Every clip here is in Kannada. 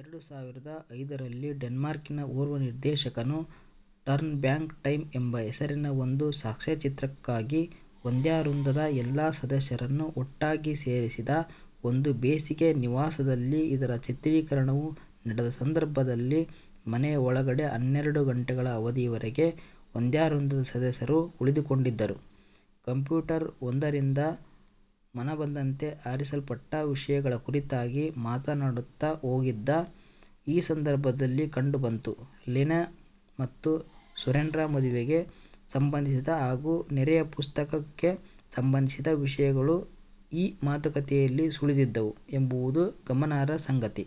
ಎರಡು ಸಾವಿರದ ಐದರಲ್ಲಿ, ಡೆನ್ಮಾರ್ಕಿನ ಓರ್ವ ನಿರ್ದೇಶಕನು, ಟರ್ನ್ ಬ್ಯಾಕ್ ಟೈಮ್ ಎಂಬ ಹೆಸರಿನ ಒಂದು ಸಾಕ್ಷ್ಯಚಿತ್ರಕ್ಕಾಗಿ ವಾದ್ಯವೃಂದದ ಎಲ್ಲ ಸದಸ್ಯರನ್ನೂ ಒಟ್ಟಾಗಿ ಸೇರಿಸಿದ. ಒಂದು ಬೇಸಿಗೆ ನಿವಾಸದಲ್ಲಿ ಇದರ ಚಿತ್ರೀಕರಣವು ನಡೆದ ಸಂದರ್ಭದಲ್ಲಿ, ಮನೆಯ ಒಳಗಡೆ ಹನ್ನೆರಡು ಗಂಟೆಗಳ ಅವಧಿಯವರೆಗೆ ವಾದ್ಯವೃಂದದ ಸದಸ್ಯರು ಉಳಿದುಕೊಂಡಿದ್ದರು; ಕಂಪ್ಯೂಟರ್ ಒಂದರಿಂದ ಮನಬಂದಂತೆ ಆರಿಸಲ್ಪಟ್ಟ ವಿಷಯಗಳ ಕುರಿತಾಗಿ ಮಾತನಾಡುತ್ತಾ ಹೋಗಿದ್ದು ಈ ಸಂದರ್ಭದಲ್ಲಿ ಕಂಡುಬಂತು; ಲೆನೆ ಮತ್ತು ಸೋರೆನ್ರ ಮದುವೆಗೆ ಸಂಬಂಧಿಸಿದ ಹಾಗೂ ರೆನೆಯ ಪುಸ್ತಕಕ್ಕೆ ಸಂಬಂಧಿಸಿದ ವಿಷಯಗಳೂ ಈ ಮಾತುಕತೆಯಲ್ಲಿ ಸುಳಿದಿದ್ದವು ಎಂಬುದು ಗಮನಾರ್ಹ ಸಂಗತಿ.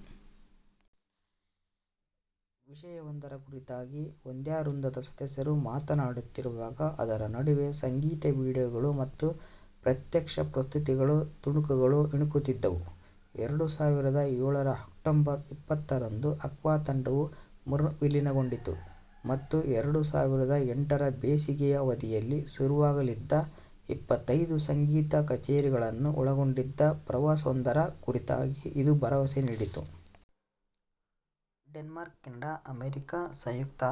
ವಿಷಯವೊಂದರ ಕುರಿತಾಗಿ ವಾದ್ಯವೃಂದದ ಸದಸ್ಯರು ಮಾತನಾಡುತ್ತಿರುವಾಗ, ಅದರ ನಡುವೆ ಸಂಗೀತ ವಿಡಿಯೋಗಳು ಮತ್ತು ಪ್ರತ್ಯಕ್ಷ ಪ್ರಸ್ತುತಿಗಳ ತುಣುಕುಗಳು ಇಣುಕುತ್ತಿದ್ದವು. ಎರಡು ಸಾವಿರದ ಏಳರ ಅಕ್ಟೋಬರ್ ಇಪ್ಪತ್ತಾರರಂದು, ಆಕ್ವಾ ತಂಡವು ಮರುವಿಲೀನಗೊಂಡಿತು ಮತ್ತು ಎರಡು ಸಾವಿರದ ಎಂಟರ ಬೇಸಿಗೆಯ ಅವಧಿಯಲ್ಲಿ ಶುರುವಾಗಲಿದ್ದ, ಇಪ್ಪತ್ತೈದು-ಸಂಗೀತ ಕಚೇರಿಗಳನ್ನು ಒಳಗೊಂಡಿದ್ದ ಪ್ರವಾಸವೊಂದರ ಕುರಿತಾಗಿ ಅದು ಭರವಸೆ ನೀಡಿತು. ಡೆನ್ಮಾರ್ಕ್, ಕೆನಡಾ, ಅಮೆರಿಕಾ ಸಂಯುಕ್ತ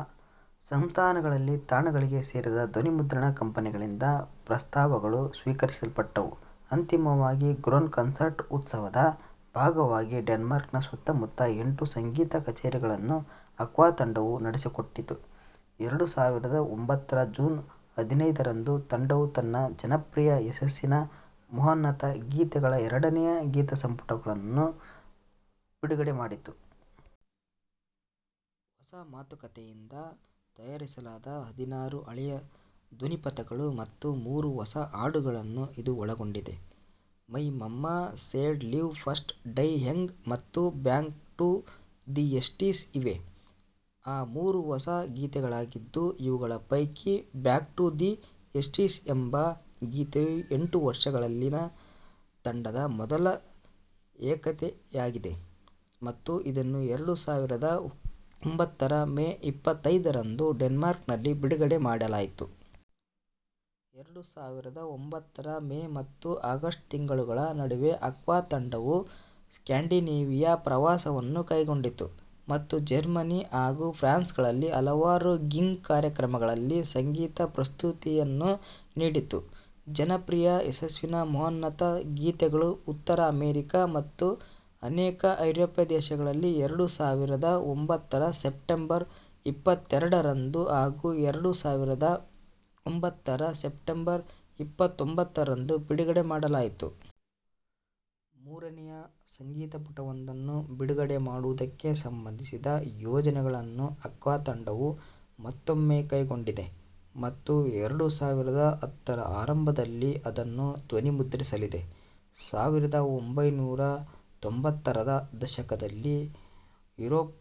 ಸಂಸ್ಥಾನಗಳಲ್ಲಿನ ತಾಣಗಳಿಗೆ ಸೇರಿದ ಧ್ವನಿಮುದ್ರಣ ಕಂಪನಿಗಳಿಂದ ಪ್ರಸ್ತಾವಗಳು ಸ್ವೀಕರಿಸಲ್ಪಟ್ಟವು. ಅಂತಿಮವಾಗಿ, "ಗ್ರೋನ್ ಕೊನ್ಸರ್ಟ್" ಉತ್ಸವದ ಭಾಗವಾಗಿ ಡೆನ್ಮಾರ್ಕ್ನ ಸುತ್ತಮುತ್ತ ಎಂಟು ಸಂಗೀತ ಕಚೇರಿಗಳನ್ನು ಆಕ್ವಾ ತಂಡವು ನಡೆಸಿಕೊಟ್ಟಿತು. ಎರಡು ಸಾವಿರದ ಒಂಭತ್ತರ ಜೂನ್ ಹದಿನೈದರಂದು, ತಂಡವು ತನ್ನ ಜನಪ್ರಿಯ ಯಶಸ್ಸಿನ ಮಹೋನ್ನತ ಗೀತೆಗಳ ಎರಡನೇ ಗೀತಸಂಪುಟವನ್ನು ಬಿಡುಗಡೆಮಾಡಿತು. ಹೊಸಮಾತೃಕೆಯಿಂದ ತಯಾರಿಸಲಾದ ಹದಿನಾರು ಹಳೆಯ ಧ್ವನಿಪಥಗಳು ಮತ್ತು ಮೂರು ಹೊಸ ಹಾಡುಗಳನ್ನು ಇದು ಒಳಗೊಂಡಿದೆ. "My mamma said", "live fast, die young" ಮತ್ತು "ಬ್ಯಾಕ್ ಟು ದಿ ಏಯ್ಟೀಸ್ ಇವೇ ಆ ಮೂರು ಹೊಸ ಗೀತೆಗಳಾಗಿದ್ದು, ಇವುಗಳ ಪೈಕಿ ಬ್ಯಾಕ್ ಟು ದಿ ಏಯ್ಟೀಸ್ ಎಂಬ ಗೀತೆಯು ಎಂಟು ವರ್ಷಗಳಲ್ಲಿನ ತಂಡದ ಮೊದಲ ಏಕಗೀತೆಯಾಗಿದೆ ಮತ್ತು ಇದನ್ನು ಎರಡು ಸಾವಿರದ ಒಂಭತ್ತರ ಮೇ ಇಪ್ಪತ್ತೈದರಂದು ಡೆನ್ಮಾರ್ಕ್ನಲ್ಲಿ ಬಿಡುಗಡೆ ಮಾಡಲಾಯಿತು. ಎರಡು ಸಾವಿರದ ಒಂಭತ್ತರ ಮೇ ಮತ್ತು ಆಗಸ್ಟ್ ತಿಂಗಳುಗಳ ನಡುವೆ ಆಕ್ವಾ ತಂಡವು ಸ್ಕ್ಯಾಂಡಿನೇವಿಯಾ ಪ್ರವಾಸವನ್ನೂ ಕೈಗೊಂಡಿತು ಮತ್ತು ಜರ್ಮನಿ, ಹಾಗೂ ಫ್ರಾನ್ಸ್ಗಳಲ್ಲಿನ ಹಲವಾರು ಗಿಗ್ ಕಾರ್ಯಕ್ರಮಗಳಲ್ಲಿ ಸಂಗೀತ-ಪ್ರಸ್ತುತಿಯನ್ನು ನೀಡಿತು. ಜನಪ್ರಿಯ ಯಶಸ್ಸಿನ ಮಹೋನ್ನತ ಗೀತೆಗಳ ಉತ್ತರ ಅಮೆರಿಕಾ ಮತ್ತು ಅನೇಕ ಐರೋಪ್ಯ ದೇಶಗಳಲ್ಲಿ ಎರಡು ಸಾವಿರದ ಒಂಭತ್ತರ ಸೆಪ್ಟೆಂಬರ್ ಇಪ್ಪತ್ತೆರಡರಂದು ಹಾಗೂ ಎರಡು ಸಾವಿರದ ಒಂಭತ್ತರ ಸೆಪ್ಟೆಂಬರ್ ಇಪ್ಪತ್ತೊಂಬತ್ತರಂದು ಬಿಡುಗಡೆ ಮಾಡಲಾಯಿತು. ಮೂರನೇ ಗೀತಸಂಪುಟವೊಂದನ್ನು ಬಿಡುಗಡೆ ಮಾಡುವುದಕ್ಕೆ ಸಂಬಂಧಿಸಿದ ಯೋಜನೆಗಳನ್ನು ಆಕ್ವಾ ತಂಡವು ಮತ್ತೊಮ್ಮೆ ಕೈಗೆತ್ತಿಕೊಂಡಿದೆ ಮತ್ತು ಎರಡು ಸಾವಿರದ ಹತ್ತರ ಆರಂಭದಲ್ಲಿ ಅದನ್ನು ಧ್ವನಿಮುದ್ರಿಸಲಿದೆ. ಸಾವಿರದ ಒಂಭೈನೂರ ತ್ತೊಂಬತ್ತರ ದಶಕದಲ್ಲಿ ಯುರೋಪ್,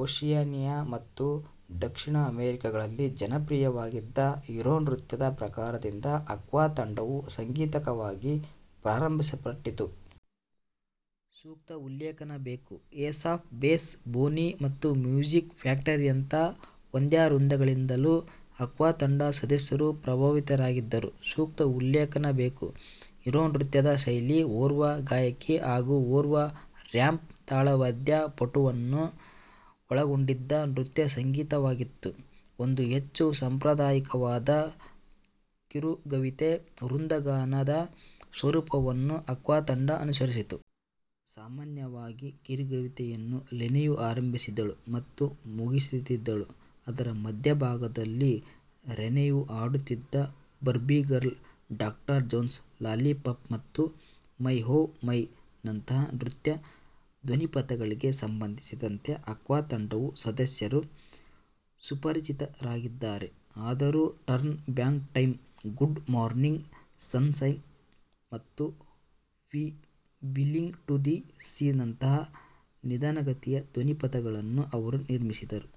ಓಷಿಯಾನಿಯಾ ಮತ್ತು ದಕ್ಷಿಣ ಅಮೆರಿಕಾಗಳಲ್ಲಿ ಜನಪ್ರಿಯವಾಗಿದ್ದ ಯುರೋನೃತ್ಯ ಪ್ರಕಾರದಿಂದ ಆಕ್ವಾ ತಂಡವು ಸಾಂಗೀತಕವಾಗಿ ಪ್ರಭಾವಿಸಲ್ಪಟ್ಟಿತ್ತು. ಸೂಕ್ತ ಉಲ್ಲೇಖನ ಬೇಕು, ಏಸ್ ಆಫ್ ಬೇಸ್, ಬೋನಿ. ಮತ್ತು ಮ್ಯೂಸಿಕ್ ಫ್ಯಾಕ್ಟರಿಯಂಥ ವಾದ್ಯವೃಂದಗಳಿಂದಲೂ ಆಕ್ವಾ ತಂಡದ ಸದಸ್ಯರು ಪ್ರಭಾವಿತರಾಗಿದ್ದರು. ಸೂಕ್ತ ಉಲ್ಲೇಖನ ಬೇಕು ಯುರೋನೃತ್ಯದ ಶೈಲಿಯು, ಓರ್ವ ಗಾಯಕಿ ಹಾಗೂ ಓರ್ವ ರ್ಯಾಪ್ ತಾಳವಾದ್ಯ ಪಟುವನ್ನು ಒಳಗೊಂಡಿದ್ದ ನೃತ್ಯ ಸಂಗೀತವಾಗಿತ್ತು. ಒಂದು ಹೆಚ್ಚು ಸಾಂಪ್ರದಾಯಿಕವಾದ ಕಿರುಗವಿತೆ-ವೃಂದಗಾನದ ಸ್ವರೂಪವನ್ನು ಆಕ್ವಾ ತಂಡವು ಅನುಸರಿಸಿತು. ಸಾಮಾನ್ಯವಾಗಿ, ಕಿರುಗವಿತೆಯನ್ನು ಲೆನೆಯು ಆರಂಭಿಸುತ್ತಿದ್ದಳು ಮತ್ತು ಮುಗಿಸುತ್ತಿದ್ದಳು. ಅದರ ಮಧ್ಯಭಾಗದಲ್ಲಿ ರೆನೆಯು ಹಾಡುತ್ತಿದ್ದ. "Barbie girl", "doctor Jones", "lollipop " ಮತ್ತು "ಮೈ ಓಹ್ ಮೈ"ನಂಥ ನೃತ್ಯ ಧ್ವನಿಪಥಗಳಿಗೆ ಸಂಬಂಧಿಸಿದಂತೆ ಆಕ್ವಾ ತಂಡದ ಸದಸ್ಯರು ಸುಪರಿಚಿತರಾಗಿದ್ದಾರೆ. ಆದರೂ, "turn back time", "good morning sunshine" ಮತ್ತು "ವಿ ಬಿಲಾಂಗ್ ಟು ದಿ ಸೀ"ನಂಥ ನಿಧಾನಗತಿಯ ಧ್ವನಿಪಥಗಳನ್ನೂ ಅವರು ನಿರ್ಮಿಸಿದರು.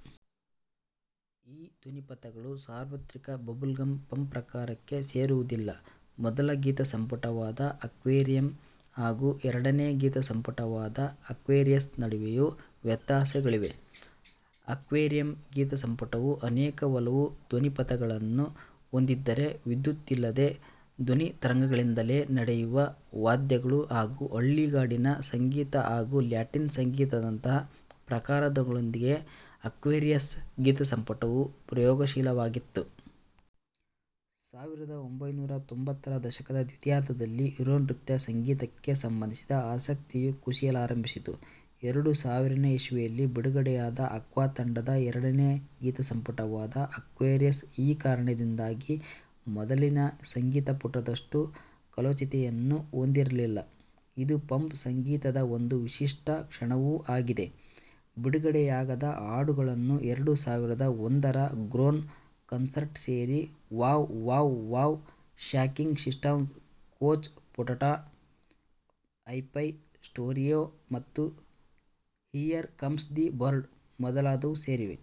ಈ ಧ್ವನಿಪಥಗಳು ಸಾರ್ವತ್ರಿಕ ಬಬಲ್ಗಮ್ ಪಾಪ್ ಪ್ರಕಾರಕ್ಕೆ ಸೇರುವುದಿಲ್ಲ. ಮೊದಲ ಗೀತಸಂಪುಟವಾದ ಆಕ್ವೇರಿಯಂ ಹಾಗೂ ಎರಡನೇ ಗೀತಸಂಪುಟವಾದ ಆಕ್ವೇರಿಯಸ್ ನಡುವೆಯೂ ವ್ಯತ್ಯಾಸಗಳಿವೆ. ಆಕ್ವೇರಿಯಂ ಗೀತಸಂಪುಟವು ಅನೇಕ ಹೋಲುವ ಧ್ವನಿಪಥಗಳನ್ನು ಹೊಂದಿದ್ದರೆ, ವಿದ್ಯುತ್ತಿಲ್ಲದೆ ಧ್ವನಿತರಂಗಗಳಿಂದಲೇ ನುಡಿಯುವ ವಾದ್ಯಗಳು ಹಾಗೂ ಹಳ್ಳಿಗಾಡಿನ ಸಂಗೀತ ಹಾಗೂ ಲ್ಯಾಟಿನ್ ಸಂಗೀತದಂಥ ಪ್ರಕಾರಗಳೊಂದಿಗೆ ಆಕ್ವೇರಿಯಸ್ ಗೀತಸಂಪುಟವು ಪ್ರಯೋಗಶೀಲವಾಗಿತ್ತು. ಸಾವಿರದ ಒಂಭೈನೂರ ತೊಂಬತ್ತರ ದಶಕದ ದ್ವಿತೀಯಾರ್ಧದಲ್ಲಿ, ಯುರೋನೃತ್ಯ ಸಂಗೀತಕ್ಕೆ ಸಂಬಂಧಿಸಿದ ಆಸಕ್ತಿಯು ಕುಸಿಯಲಾರಂಭಿಸಿತು. ಎರಡು ಸಾವಿರನೇ ಇಸವಿಯಲ್ಲಿ ಬಿಡುಗಡೆಯಾದ ಆಕ್ವಾ ತಂಡದ ಎರಡನೇ ಗೀತಸಂಪುಟವಾದ ಆಕ್ವೇರಿಯಸ್, ಈ ಕಾರಣದಿಂದಾಗಿ ಮೊದಲಿನ ಗೀತಸಂಪುಟದಷ್ಟು ಕಾಲೋಚಿತತೆಯನ್ನು ಹೊಂದಿರಲಿಲ್ಲ. ಇದು ಪಾಪ್ ಸಂಗೀತದ ಒಂದು ವಿಶಿಷ್ಟ ಲಕ್ಷಣವೂ ಆಗಿದೆ. ಬಿಡುಗಡೆಯಾಗದ ಹಾಡುಗಳಲ್ಲಿ ಎರಡು ಸಾವಿರದ ಒಂದರ ಗ್ರೋನ್ ಕೊನ್ಸರ್ಟ್ಗೆ ಸೇರಿದ "wow, wow, wow", "shaking Stevens ", "couch potato", "hi fi stereo", ಮತ್ತು "ಹಿಯರ್ ಕಮ್ಸ್ ದಿ ಬರ್ಡ್ಸ್" ಮೊದಲಾದವು ಸೇರಿವೆ.